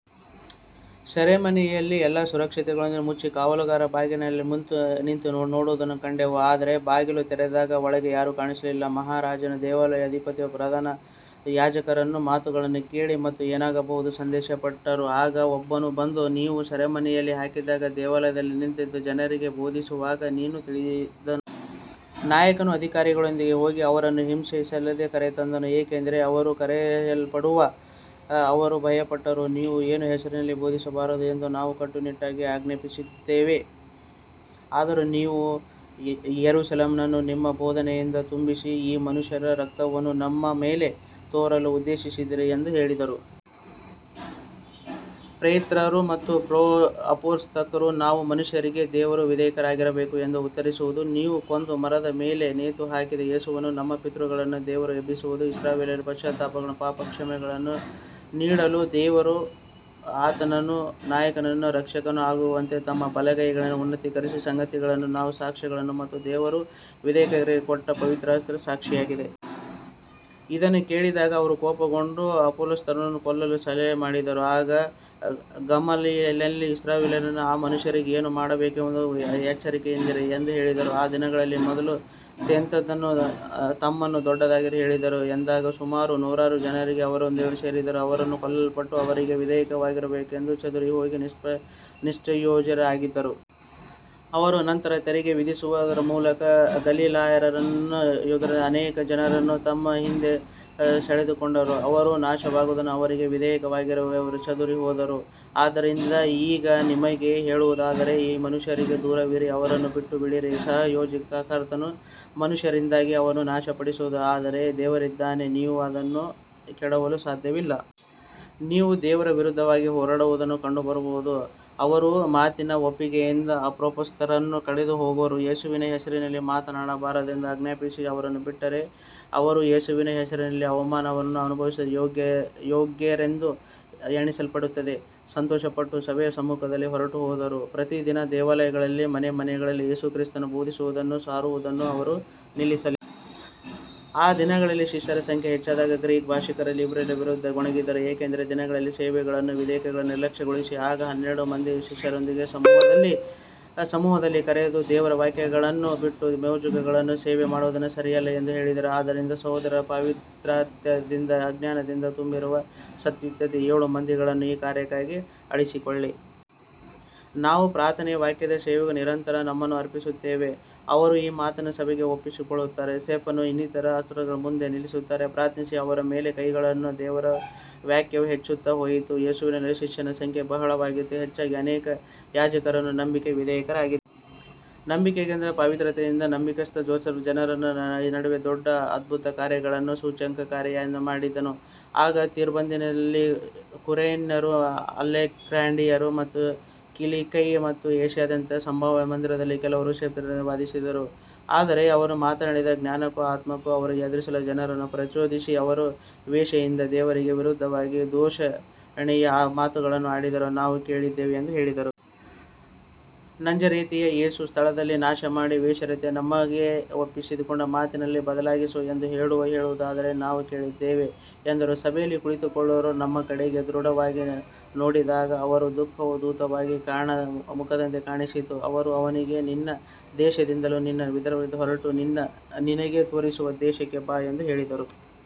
ಸೆರೆಮನೆಯನ್ನು ಎಲ್ಲಾ ಸುರಕ್ಷತೆಯೊಂದಿಗೆ ಮುಚ್ಚಿ, ಕಾವಲುಗಾರರು ಬಾಗಿಲಿನ ಮುಂದೆ ನಿಂತಿರುವುದನ್ನು ಕಂಡೆವು, ಆದರೆ ಬಾಗಿಲು ತೆರೆದಾಗ ಒಳಗೆ ಯಾರೂ ಕಾಣಿಸಲಿಲ್ಲ. ಮಹಾಯಾಜಕನೂ ದೇವಾಲಯದ ಅಧಿಪತಿಯೂ ಪ್ರಧಾನ ಯಾಜಕರೂ ಈ ಮಾತುಗಳನ್ನು ಕೇಳಿ, ಇದು ಏನಾಗಬಹುದೆಂದು ಸಂದೇಹಪಟ್ಟರು. ಆಗ ಒಬ್ಬನು ಬಂದು, ನೀವು ಸೆರೆಮನೆಗೆ ಹಾಕಿದವರು ದೇವಾಲಯದಲ್ಲಿ ನಿಂತು ಜನರಿಗೆ ಬೋಧಿಸುತ್ತಿದ್ದಾರೆ ಎಂದು ತಿಳಿಸಿದನು. ನಾಯಕನು ಅಧಿಕಾರಿಗಳೊಂದಿಗೆ ಹೋಗಿ ಅವರನ್ನು ಹಿಂಸೆಯಿಲ್ಲದೆ ಕರೆತಂದನು, ಏಕೆಂದರೆ ಜನರು ಕಲ್ಲೆಸೆಯಬಹುದೆಂದು ಅವರು ಭಯಪಟ್ಟರು. ನೀವು ಈ ಹೆಸರಿನಲ್ಲಿ ಬೋಧಿಸಬಾರದು ಎಂದು ನಾವು ಕಟ್ಟುನಿಟ್ಟಾಗಿ ಆಜ್ಞಾಪಿಸಲಿಲ್ಲವೇ, ಆದರೂ ನೀವು ಯೆರೂಸಲೇಮನ್ನು ನಿಮ್ಮ ಬೋಧನೆಯಿಂದ ತುಂಬಿಸಿ, ಈ ಮನುಷ್ಯನ ರಕ್ತವನ್ನು ನಮ್ಮ ಮೇಲೆ ತರಲು ಉದ್ದೇಶಿಸಿದ್ದೀರಿ ಎಂದು ಹೇಳಿದರು. ಪೇತ್ರನೂ ಇತರ ಅಪೊಸ್ತಲರೂ, ನಾವು ಮನುಷ್ಯರಿಗಿಂತ ದೇವರಿಗೆ ವಿಧೇಯರಾಗಿರಬೇಕು ಎಂದು ಉತ್ತರಿಸಿದರು. ನೀವು ಕೊಂದು ಮರದ ಮೇಲೆ ನೇತುಹಾಕಿದ ಯೇಸುವನ್ನು ನಮ್ಮ ಪಿತೃಗಳ ದೇವರು ಎಬ್ಬಿಸಿದನು. ಇಸ್ರಾಯೇಲ್ಯರಿಗೆ ಪಶ್ಚಾತ್ತಾಪವನ್ನೂ ಪಾಪಗಳ ಕ್ಷಮೆಯನ್ನೂ ನೀಡಲು ದೇವರು ಆತನನ್ನು ನಾಯಕನೂ ರಕ್ಷಕನೂ ಆಗುವಂತೆ ತನ್ನ ಬಲಗೈಯಿಂದ ಉನ್ನತೀಕರಿಸಿದನು. ಈ ಸಂಗತಿಗಳಿಗೆ ನಾವು ಸಾಕ್ಷಿಗಳು, ಮತ್ತು ದೇವರು ತನಗೆ ವಿಧೇಯರಾಗುವವರಿಗೆ ಕೊಟ್ಟ ಪವಿತ್ರಾತ್ಮವೂ ಸಾಕ್ಷಿಯಾಗಿದೆ. ಇದನ್ನು ಕೇಳಿದಾಗ ಅವರು ಕೋಪಗೊಂಡು ಅಪೊಸ್ತಲರನ್ನು ಕೊಲ್ಲಲು ಸಲಹೆ ಮಾಡಿದರು. ಆಗ ಗಮಲಿಯೇಲನು ಇಸ್ರಾಯೇಲ್ಯರೇ, ಈ ಮನುಷ್ಯರಿಗೆ ಏನು ಮಾಡಬೇಕೆಂಬುದರಲ್ಲಿ ಎಚ್ಚರಿಕೆಯಿಂದಿರಿ ಎಂದು ಹೇಳಿದನು. ಈ ದಿನಗಳ ಮೊದಲು ಥೇದನು ತನ್ನನ್ನು ದೊಡ್ಡವನೆಂದು ಹೇಳಿಕೊಂಡು ಎದ್ದಾಗ ಸುಮಾರು ನಾನೂರು ಜನರು ಅವನೊಂದಿಗೆ ಸೇರಿದರು. ಅವನು ಕೊಲ್ಲಲ್ಪಟ್ಟನು, ಅವನಿಗೆ ವಿಧೇಯರಾದವರೆಲ್ಲರೂ ಚದುರಿಹೋಗಿ ನಿಷ್ಪ್ರಯೋಜಕರಾದರು. ಅವನ ನಂತರ ತೆರಿಗೆ ವಿಧಿಸುವ ದಿನಗಳಲ್ಲಿ ಗಲಿಲಾಯದ ಯೂದನು ಎದ್ದು ಅನೇಕ ಜನರನ್ನು ತನ್ನ ಹಿಂದೆ ಸೆಳೆದುಕೊಂಡನು. ಅವನೂ ನಾಶವಾದನು, ಅವನಿಗೆ ವಿಧೇಯರಾದವರೆಲ್ಲರೂ ಚದುರಿಹೋದರು. ಆದ್ದರಿಂದ ಈಗ ನಿಮಗೆ ಹೇಳುವುದೇನೆಂದರೆ, ಈ ಮನುಷ್ಯರಿಂದ ದೂರವಿರಿ ಮತ್ತು ಅವರನ್ನು ಬಿಟ್ಟುಬಿಡಿರಿ. ಈ ಯೋಜನೆಯೂ ಕಾರ್ಯವೂ ಮನುಷ್ಯರಿಂದಾದರೆ ಅದು ನಾಶವಾಗುವುದು, ಆದರೆ ದೇವರಿಂದಾದರೆ ನೀವು ಅದನ್ನು ಕೆಡವಲು ಸಾಧ್ಯವಿಲ್ಲ. ನೀವು ದೇವರ ವಿರುದ್ಧ ಹೋರಾಡುವವರಾಗಿಯೂ ಕಂಡುಬರಬಹುದು. ಅವರು ಅವನ ಮಾತಿಗೆ ಒಪ್ಪಿಕೊಂಡರು. ಅಪೊಸ್ತಲರನ್ನು ಕರೆದು ಹೊಡೆದು, ಯೇಸುವಿನ ಹೆಸರಿನಲ್ಲಿ ಮಾತನಾಡಬಾರದೆಂದು ಆಜ್ಞಾಪಿಸಿ ಅವರನ್ನು ಬಿಟ್ಟರು. ಅವರು ಯೇಸುವಿನ ಹೆಸರಿಗಾಗಿ ಅವಮಾನವನ್ನು ಅನುಭವಿಸಲು ಯೋಗ್ಯರೆಂದು ಎಣಿಸಲ್ಪಟ್ಟದ್ದಕ್ಕೆ ಸಂತೋಷಪಟ್ಟು ಸಭೆಯ ಸಮ್ಮುಖದಿಂದ ಹೊರಟುಹೋದರು. ಪ್ರತಿದಿನ ದೇವಾಲಯದಲ್ಲಿಯೂ ಮನೆಮನೆಗಳಲ್ಲಿಯೂ ಯೇಸುಕ್ರಿಸ್ತನನ್ನು ಬೋಧಿಸುವುದನ್ನೂ ಸಾರುವುದನ್ನೂ ಅವರು ನಿಲ್ಲಿಸಲಿಲ್ಲ. ಆ ದಿನಗಳಲ್ಲಿ ಶಿಷ್ಯರ ಸಂಖ್ಯೆ ಹೆಚ್ಚಾದಾಗ ಗ್ರೀಕ್ ಭಾಷಿಕರು ಇಬ್ರಿಯರ ವಿರುದ್ಧ ಗೊಣಗಿದರು, ಏಕೆಂದರೆ ದೈನಂದಿನ ಸೇವೆಯಲ್ಲಿ ಅವರ ವಿಧವೆಯರನ್ನು ನಿರ್ಲಕ್ಷಿಸಲಾಗುತ್ತಿತ್ತು. ಆಗ ಹನ್ನೆರಡು ಮಂದಿ ಶಿಷ್ಯರ ಸಮೂಹವನ್ನು ಕರೆದು, ನಾವು ದೇವರ ವಾಕ್ಯವನ್ನು ಬಿಟ್ಟು ಮೇಜುಗಳ ಸೇವೆ ಮಾಡುವುದು ಸರಿಯಲ್ಲ ಎಂದು ಹೇಳಿದರು. ಆದ್ದರಿಂದ ಸಹೋದರರೇ, ಪವಿತ್ರಾತ್ಮದಿಂದಲೂ ಜ್ಞಾನದಿಂದಲೂ ತುಂಬಿರುವ ಸತ್ಕೀರ್ತಿಯ ಏಳು ಮಂದಿಯನ್ನು ಈ ಕಾರ್ಯಕ್ಕಾಗಿ ಆರಿಸಿಕೊಳ್ಳಿರಿ. ನಾವು ಪ್ರಾರ್ಥನೆಗೂ ವಾಕ್ಯದ ಸೇವೆಗೂ ನಿರಂತರವಾಗಿ ನಮ್ಮನ್ನು ಅರ್ಪಿಸಿಕೊಳ್ಳುತ್ತೇವೆ. ಅವರು ಈ ಮಾತನ್ನು ಸಭೆಗೆ ಒಪ್ಪಿಸಿದರು. ಅವರು ಸ್ತೇಫನನನ್ನೂ ಇನ್ನಿತರರನ್ನು ಅಪೊಸ್ತಲರ ಮುಂದೆ ನಿಲ್ಲಿಸಿದರು. ಪ್ರಾರ್ಥಿಸಿ ಅವರ ಮೇಲೆ ಕೈಗಳನ್ನಿಟ್ಟರು. ದೇವರ ವಾಕ್ಯವು ಹೆಚ್ಚುತ್ತಾ ಹೋಯಿತು, ಯೆರೂಸಲೇಮಿನಲ್ಲಿ ಶಿಷ್ಯರ ಸಂಖ್ಯೆ ಬಹಳವಾಗಿ ಹೆಚ್ಚಾಯಿತು, ಅನೇಕ ಯಾಜಕರೂ ನಂಬಿಕೆಗೆ ವಿಧೇಯರಾದರು. ನಂಬಿಕೆಯಿಂದಲೂ ಪವಿತ್ರಾತ್ಮದಿಂದಲೂ ತುಂಬಿದ್ದ ಸ್ತೇಫನನು ಜನರ ನಡುವೆ ದೊಡ್ಡ ಅದ್ಭುತಕಾರ್ಯಗಳನ್ನೂ ಸೂಚಕಕಾರ್ಯಗಳನ್ನೂ ಮಾಡಿದನು. ಆಗ ಲಿಬರ್ತೀನರು, ಕುರೇನ್ಯರು, ಅಲೆಕ್ಸಾಂದ್ರಿಯದವರು, ಕಿಲಿಕ್ಯ ಮತ್ತು ಏಷ್ಯಾದವರ ಸಭಾಮಂದಿರದ ಕೆಲವರು ಸ್ತೇಫನನೊಂದಿಗೆ ವಾದಿಸಿದರು. ಆದರೆ ಅವನು ಮಾತನಾಡಿದ ಜ್ಞಾನಕ್ಕೂ ಆತ್ಮಕ್ಕೂ ಅವರು ಎದುರಿಸಲಾರದೆ, ಜನರನ್ನು ಪ್ರಚೋದಿಸಿ, ಅವನು ಮೋಶೆಯಿಗೂ ದೇವರಿಗೂ ವಿರುದ್ಧವಾಗಿ ದೂಷಣೆಯ ಮಾತುಗಳನ್ನು ಆಡಿದ್ದನ್ನು ನಾವು ಕೇಳಿದ್ದೇವೆ ಎಂದು ಹೇಳಿದರು. ನಜರೇತಿನ ಯೇಸು ಈ ಸ್ಥಳವನ್ನು ನಾಶಮಾಡಿ ಮೋಶೆಯು ನಮಗೆ ಒಪ್ಪಿಸಿದ ಪದ್ಧತಿಗಳನ್ನು ಬದಲಾಯಿಸುವನು ಎಂದು ಅವನು ಹೇಳುವುದನ್ನು ನಾವು ಕೇಳಿದ್ದೇವೆ ಎಂದರು. ಸಭೆಯಲ್ಲಿ ಕುಳಿತಿದ್ದವರೆಲ್ಲರೂ ಅವನ ಕಡೆ ದೃಢವಾಗಿ ನೋಡಿದಾಗ, ಅವನ ಮುಖವು ದೇವದೂತನ ಮುಖದಂತೆ ಕಾಣಿಸಿತು. ದೇವರು ಅವನಿಗೆ, ನಿನ್ನ ದೇಶದಿಂದಲೂ ನಿನ್ನ ಸಂಬಂಧಿಕರಿಂದಲೂ ಹೊರಟು, ನಾನು ನಿನಗೆ ತೋರಿಸುವ ದೇಶಕ್ಕೆ ಬಾ ಎಂದು ಹೇಳಿದನು.